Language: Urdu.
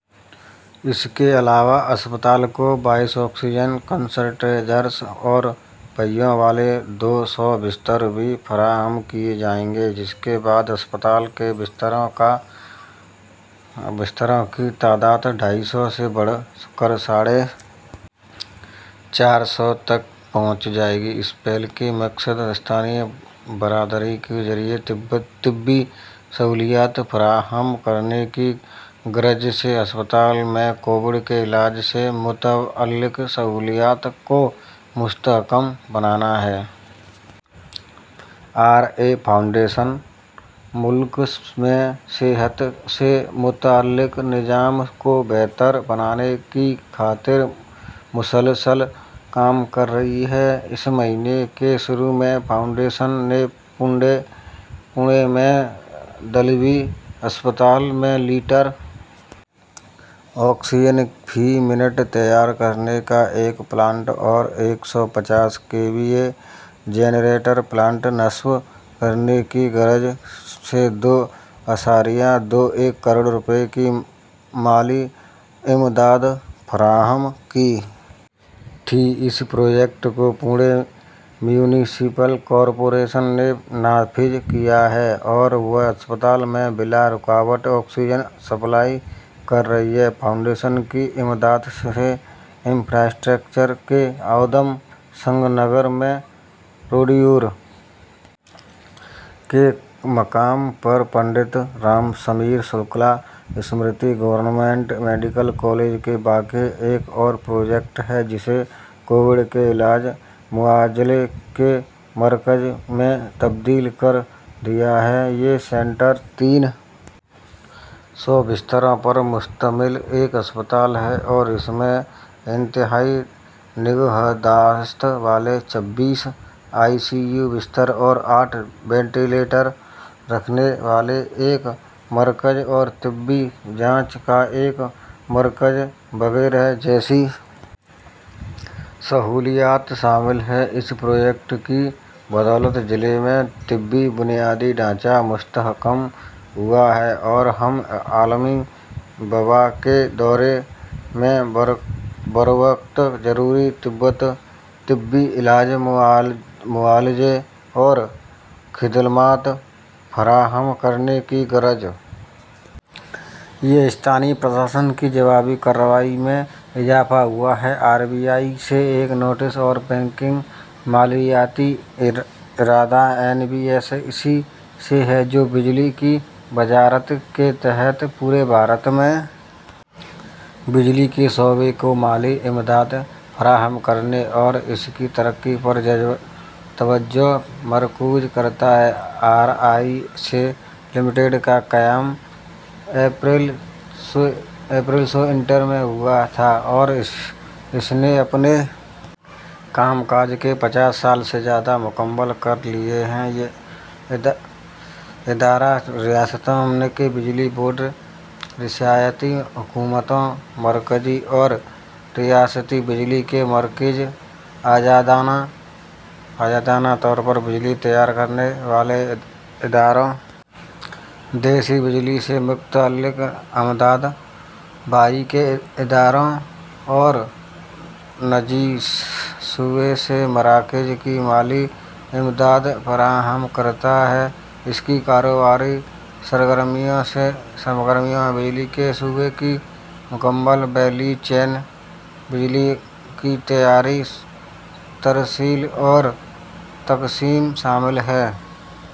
اس کے علاوہ اسپتال کو بائیس آکسیجن کنسنٹریٹرز اور پہیوں والے دو سو بستر بھی فراہم کیے جائیں گے جس کے بعد اسپتال کے بستروں کی تعداد ڈھائی سو سے بڑھ کر ساڑھے چار سو تک پہنچ جائے گی اس پہل کا مقصد مقامی برادری کو ضروری طبی سہولیات فراہم کرنے کی غرض سے اسپتال میں کووڈ کے علاج سے متعلق سہولیات کو مستحکم بنانا ہے آر ای سی فاؤنڈیشن ملک میں صحت سے متعلق نظام کو بہتر بنانے کی خاطر مسلسل کام کر رہی ہے اس مہینے کے شروع میں فاؤنڈیشن نے پونے میں دلوی اسپتال میں لیٹر آکسیجن فی منٹ تیار کرنے کا ایک پلانٹ اور ایک سو پچاس K V A generator plant نصب کرنے کی غرض سے دو اعشاریہ دو ایک کروڑ روپے کی مالی امداد فراہم کی تھی اس پروجیکٹ کو پونے میونسپل کارپوریشن نے نافذ کیا ہے اور وہ اسپتال میں بلا رکاوٹ آکسیجن سپلائی کر رہی ہے فاؤنڈیشن کی امداد سے اتراکھنڈ کے اودھم سنگھ نگر میں رودرپور کے مقام پر Pandit Ram Sameer Shukla Smriti government medical college میں واقع ایک اور پروجیکٹ ہے جسے کووڈ کے علاج معالجے کے مرکز میں تبدیل کر دیا گیا ہے یہ سینٹر تین سو بستروں پر مشتمل ایک اسپتال ہے اور اس میں انتہائی نگہداشت والے چھتیس آئی سی یو بستر اور الگ تھلگ رکھنے والا ایک مرکز اور طبی جانچ کا ایک مرکز وغیرہ جیسی سہولیات شامل ہیں اس پروجیکٹ کی بدولت ضلع میں طبی بنیادی ڈھانچہ مستحکم ہوا ہے اور اس عالمی وبا کے دور میں بروقت ضروری طبی علاج معالجہ اور خدمات فراہم کرنے کی غرض سے مقامی انتظامیہ کی جوابی کارروائی میں اضافہ ہوا ہے آر ای سی ایک نورتن غیر بینکنگ مالیاتی ادارہ این بی ایف سی ہے جو بجلی کی وزارت کے تحت پورے بھارت میں بجلی کے شعبے کو مالی امداد فراہم کرنے اور اس کی ترقی پر توجہ مرکوز کرتا ہے آر ای سی لمیٹڈ کا قیام انیس سو انہتر میں ہوا تھا اور اس نے اپنے کام کاج کے پچاس سال سے زیادہ مکمل کر لیے ہیں یہ ادارہ ریاستوں کے بجلی بورڈ ریاستی حکومتوں مرکزی اور ریاستی بجلی کے مراکز آزادانہ طور پر بجلی تیار کرنے والے اداروں دیہی بجلی سے متعلق امداد باہمی کے اداروں اور نجی شعبے کے مراکز کو مالی امداد فراہم کرتا ہے اس کی کاروباری سرگرمیوں میں بجلی کے شعبے کی مکمل ویلیو چین بجلی کی تیاری ترسیل اور تقسیم شامل ہیں